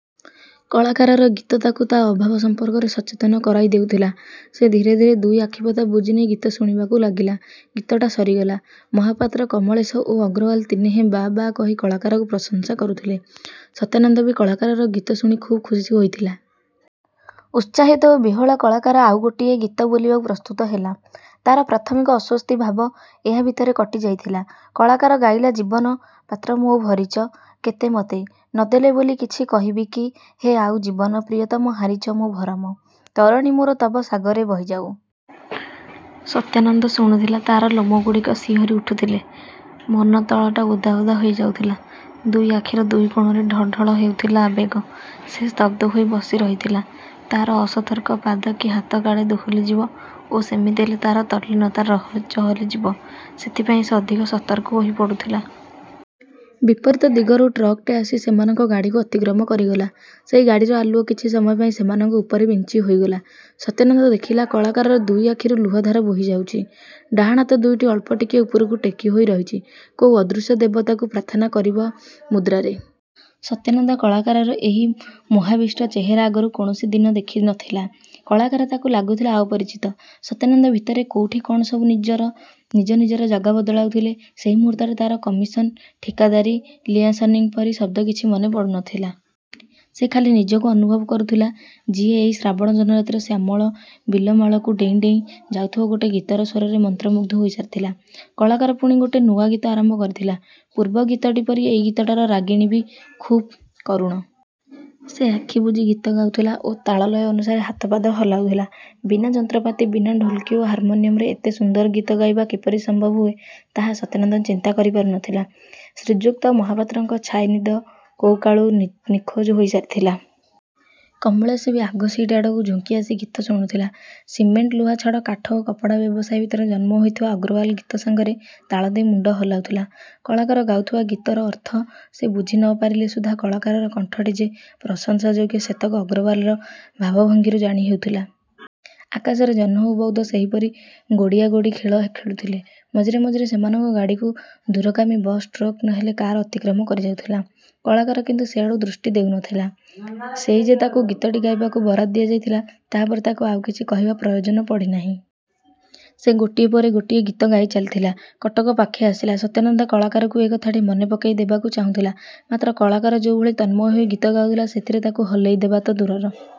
କଳାକାରର ଗୀତ ତାକୁ ତା ଅଭାବ ସମ୍ପର୍କରେ ସଚେତନ କରାଇ ଦେଉଥିଲା। ସେ ଧୀରେ ଧୀରେ ଦୁଇ ଆଖିପତା ବୁଜି ନେଇ ଗୀତ ଶୁଣିବାକୁ ଲାଗିଲା। ଗୀତଟା ସରିଗଲା। ମହାପାତ୍ର, କମଳେଶ ଓ ଅଗ୍ରୱାଲ ତିନିହେଁ ବାଃ ବାଃ କହି, କଳାକାରକୁ ପ୍ରଶଂସା କରୁଥିଲେ। ସତ୍ୟାନନ୍ଦ ବି କଳାକାରର ଗୀତ ଶୁଣି ଖୁବ୍ ଖୁସି ହୋଇଥିଲା। ଉତ୍ସାହିତ ଓ ବିହ୍ୱଳ କଳାକାର ଆଉ ଗୋଟିଏ ଗୀତ ବୋଲିବାକୁ ପ୍ରସ୍ତୁତ ହେଲା। ତାର ପ୍ରାଥମିକ ଅସ୍ୱସ୍ତି ଭାବ ଏହା ଭିତରେ କଟିଯାଇଥିଲା। କଳାକାର ଗାଇଲା ଜୀବନ ପାତ୍ର ମୋ ଭରିଛ କେତେମତେ, ନଦେଲ ବୋଲି କିଛି କହିବି କି ହେ ଆଉ, ଜୀବନ ପ୍ରିୟତମ ହାରିଛ ମୋ ଭରମ, ତରଣୀ ମୋର ତବ ସାଗରେ ବହିଯାଉ। ସତ୍ୟାନନ୍ଦ ଶୁଣୁଥିଲା। ତାର ଲୋମଗୁଡ଼ିକ ଶିହରି ଉଠୁଥିଲେ। ମନତଳଟା ଓଦା ଓଦା ହୋଇ ଯାଉଥିଲା, ଦୁଇ ଆଖିର ଦୁଇକୋଣରେ ଢଳ ଢଳ ହେଉଥିଲା ଆବେଗ। ସେ ସ୍ତବ୍ଧ ହୋଇ ବସି ରହିଥିଲା। ତାର ଅସତର୍କ ପାଦ କି ହାତ କାଳେ ଦୋହଲିଯିବ ଓ ସେମିତି ହେଲେ ତାର ତଲ୍ଲୀନତା ଚହଲିଯିବ ସେଥିପାଇଁ ସେ ଅଧିକ ସତର୍କ ହୋଇ ପଡ଼ୁଥିଲା। ବିପରୀତ ଦିଗରୁ ଟ୍ରକଟେ ଆସି ସେମାନଙ୍କ ଗାଡ଼ିକୁ ଅତିକ୍ରମ କରିଗଲା। ସେଇ ଗାଡ଼ିର ଆଲୁଅ କିଛି ସମୟ ପାଇଁ ସେମାନଙ୍କ ଉପରେ ବିଞ୍ଚି ହୋଇଗଲା। ସତ୍ୟାନନ୍ଦ ଦେଖିଲା, କଳାକାରର ଦୁଇଆଖିରୁ ଲୁହଧାର ବୋହିଯାଉଛି। ଡାହାଣ ହାତ ଦୁଇଟି ଅଳ୍ପ ଟିକିଏ ଉପରକୁ ଟେକିହୋଇ ରହିଛି, କୋଉ ଅଦୃଶ୍ୟ ଦେବତାକୁ ପ୍ରାର୍ଥନା କରିବା ମୁଦ୍ରାରେ। ସତ୍ୟାନନ୍ଦ କଳାକାରର ଏହି ମୋହାବିଷ୍ଟ ଚେହେରା ଆଗରୁ କୌଣସି ଦିନ ଦେଖି ନଥିଲା। କଳାକାର ତାକୁ ଲାଗୁଥିଲା ଅପରିଚିତ। ସତ୍ୟାନନ୍ଦ ଭିତରେ କୋଉଠି କଣ ସବୁ ନିଜର ନିଜ ନିଜର ଜାଗା ବଦଳାଉଥିଲେ। ସେଇ ମୁହୂର୍ତ୍ତରେ ତାର କମିସନ୍, ଠିକାଦାରି, ଲିଆସନିଂ ପରି ଶବ୍ଦ କିଛି ମନେ ପଡ଼ୁନଥିଲା। ସେ ଖାଲି ନିଜକୁ ଅନୁଭବ କରୁଥିଲା, ଯିଏ ଏଇ ଶ୍ରାବଣ ଜହ୍ନରାତିର ଶ୍ୟାମଳ ବିଲମାଳକୁ ଡେଇଁ ଡେଇଁ ଯାଉଥିବା ଗୋଟେ ଗୀତର ସ୍ୱରରେ ମନ୍ତ୍ରମୁଗ୍ଧ ହୋଇସାରିଥିଲା। କଳାକାର ପୁଣି ଗୋଟେ ନୂଆ ଗୀତ ଆରମ୍ଭ କରିଥିଲା। ପୂର୍ବ ଗୀତଟି ପରି ଏଇ ଗୀତଟାର ରାଗିଣୀ ବି ଖୁବ୍ କରୁଣ। ସେ ଆଖିବୁଜି ଗୀତ ଗାଉଥିଲା ଓ ତାଳ ଲୟ ଅନୁସାରେ ହାତ ପାଦ ହଲାଉଥିଲା। ବିନା ଯନ୍ତ୍ରପାତି, ବିନା ଢୋଲକି ଓ ହାରମୋନିୟମରେ ଏତେ ସୁନ୍ଦର ଗୀତ ଗାଇବା କିପରି ସମ୍ଭବ ହୁଏ ତାହା ସତ୍ୟାନନ୍ଦ ଚିନ୍ତା କରିପାରୁ ନଥିଲା। ଶ୍ରୀଯୁକ୍ତ ମହାପାତ୍ରଙ୍କ ଛାଇନିଦ କୋଉକାଳୁ ନିଖୋଜ ହୋଇସାରିଥିଲା। କମଳେଶ ବି ଆଗ ସିଟ ଆଡ଼କୁ ଝୁଙ୍କି ଆସି ଗୀତ ଶୁଣୁଥିଲା। ସିମେଣ୍ଟ, ଲୁହାଛଡ଼, କାଠ ଓ କପଡ଼ା ବ୍ୟବସାୟ ଭିତରେ ଜନ୍ମ ହୋଇଥିବା ଅଗ୍ରୱାଲ ଗୀତ ସାଙ୍ଗରେ ତାଳ ଦେଇ ମୁଣ୍ଡ ହଲାଉଥିଲା। କଳାକାର ଗାଉଥିବା ଗୀତର ଅର୍ଥ ସେ ବୁଝି ନପାରିଲେ ସୁଦ୍ଧା କଳାକାରର କଣ୍ଠଟି ଯେ ପ୍ରଶଂସାଯୋଗ୍ୟ ସେତକ ଅଗ୍ରୱାଲର ଭାବଭଙ୍ଗୀରୁ ଜାଣି ହେଉଥିଲା। ଆକାଶରେ ଜହ୍ନ ଓ ବଉଦ ସେହିପରି ଗୋଡ଼ିଆଗୋଡ଼ି ଖେଳ ଖେଳୁଥିଲେ। ମଝିରେ ମଝିରେ ସେମାନଙ୍କ ଗାଡ଼ିକୁ ଦୂରଗାମୀ ବସ୍, ଟ୍ରକ୍, ନ ହେଲେ କାର ଅତିକ୍ରମ କରିଯାଉଥିଲା। କଳାକାର କିନ୍ତୁ ସେଆଡ଼କୁ ଦୃଷ୍ଟି ଦେଉନଥିଲା। ସେଇ ଯେ ତାକୁ ଗୀତଟି ଗାଇବାକୁ ବରାଦ ଦିଆଯାଇଥିଲା, ତାପରେ ତାକୁ ଆଉ କିଛି କହିବା ପ୍ରୟୋଜନ ପଡ଼ିନାହିଁ। ସେ ଗୋଟିଏ ପରେ ଗୋଟିଏ ଗୀତ ଗାଇଚାଲିଥିଲା। କଟକ ପାଖେଇ ଆସିଲା। ସତ୍ୟାନନ୍ଦ କଳାକାରକୁ ଏ କଥାଟି ମନେ ପକେଇ ଦେବାକୁ ଚାହୁଁଥିଲା। ମାତ୍ର କଳାକାର ଯୋଉଭଳି ତନ୍ମୟ ହୋଇ ଗୀତ ଗାଉଥିଲା ସେଥିରେ ତାକୁ ହଲେଇଦେବା ତ ଦୂରର।